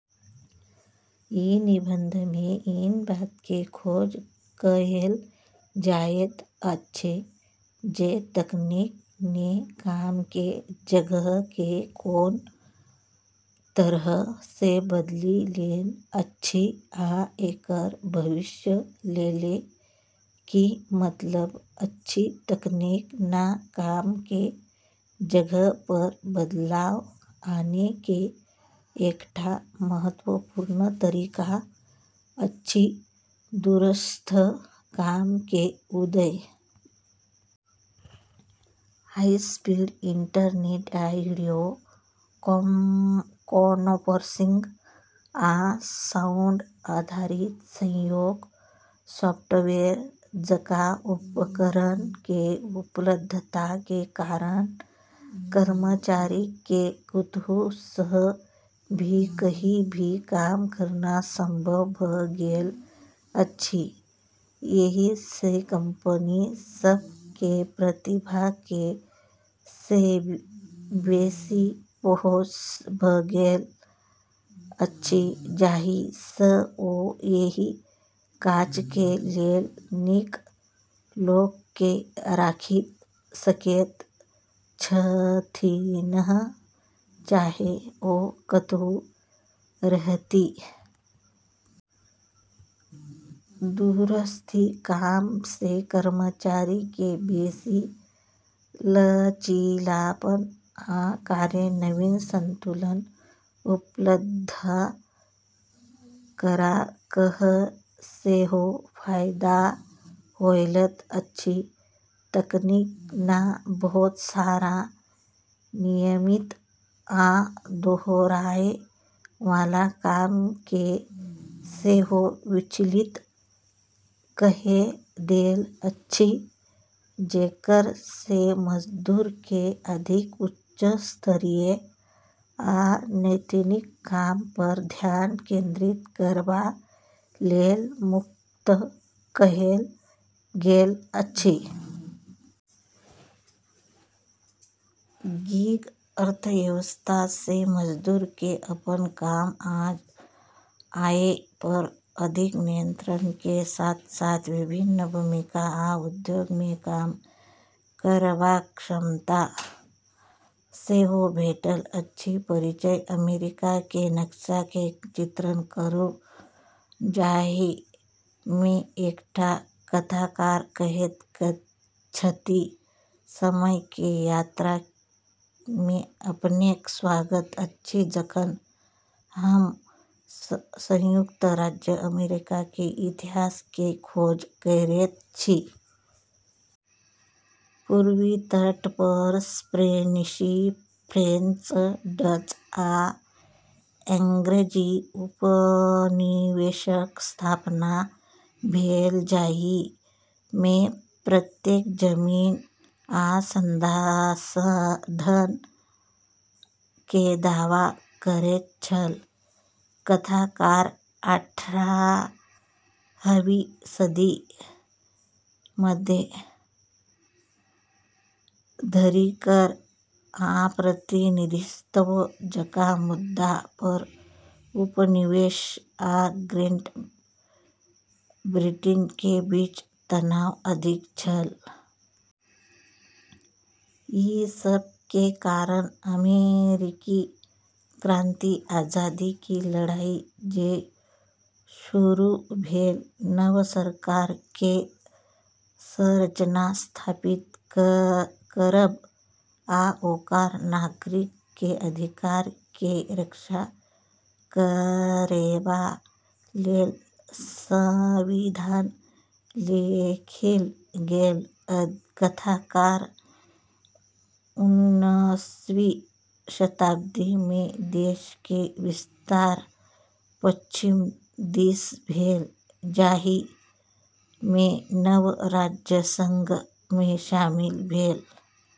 ई निबंध मे ई बात के खोज कएल जाइत अछि जे तकनीक नँ काम के जगह के कोन तरह सँ बदलि देल अछि आ एकर भविष्य लेल की मतलब अछि। तकनीक नँ काम के जगह पर बदलाव आने के एकटा महत्वपूर्ण तरीका अछि दूरस्थ काम के उदय। हाई स्पीड इंटरनेट आ वीडियो कॉन्फ्रेंसिंग आ क्लाउड आधारित सहयोग सॉफ्टवेयर जकां उपकरण के उपलब्धता के कारण कर्मचारी के कतहु सँ भी, कहीं भी काम करना संभव भ गेल अछि। एहि सँ कंपनी सभ के प्रतिभा के बेसी पहुंच भ गेल अछि, जाहि सँ ओ एहि काज के लेल नीक लोक के राखि सकैत छथिन्ह, चाहे ओ कतहु रहथि। दूरस्थ काम सँ कर्मचारी के बेसी लचीलापन आ कार्य-जीवन संतुलन उपलब्ध करा कए सेहो फायदा होइत अछि। तकनीक नँ बहुत सारा नियमित आ दोहराए वाला काम के सेहो स्वचालित कए देल अछि, जेकर सँ मजदूर के अधिक उच्च स्तरीय आ रणनीतिक काम पर ध्यान केंद्रित करबा लेल मुक्त कएल गेल अछि। गिग अर्थव्यवस्था सँ मजदूर के अपन काम आ आय पर अधिक नियंत्रण के साथ-साथ विभिन्न भूमिका आ उद्योग मे काम करबाक क्षमता सेहो भेटल अछि। परिचय अमेरिका के नक्शा के चित्रण करू जाहि मे एकटा कथाकार कहैत छथि समय के यात्रा मे अपनेक स्वागत अछि जखन हम संयुक्त राज्य अमेरिका के इतिहास के खोज करैत छी। पूर्वी तट पर स्पेनिश, फ्रेंच, डच, आ अंग्रेजी उपनिवेशक स्थापना भेल, जाहि मे प्रत्येक जमीन आ संसाधन के दावा करैत छल। कथाकार अठारहवीं सदी के मध्य धरि कर आ प्रतिनिधित्व जकां मुद्दा पर उपनिवेश आ ग्रेट ब्रिटेन के बीच तनाव अधिक छल। ई सब के कारण अमेरिकी क्रांति, आजादी के लड़ाई जे शुरू भेल। नव सरकार के संरचना स्थापित करब आ ओकर नागरिक के अधिकार के रक्षा करबा लेल संविधान लिखल गेल। कथाकार उन्नीसवीं शताब्दी मे देश के विस्तार पश्चिम दिस भेल, जाहि मे नव राज्य संघ मे शामिल भेल।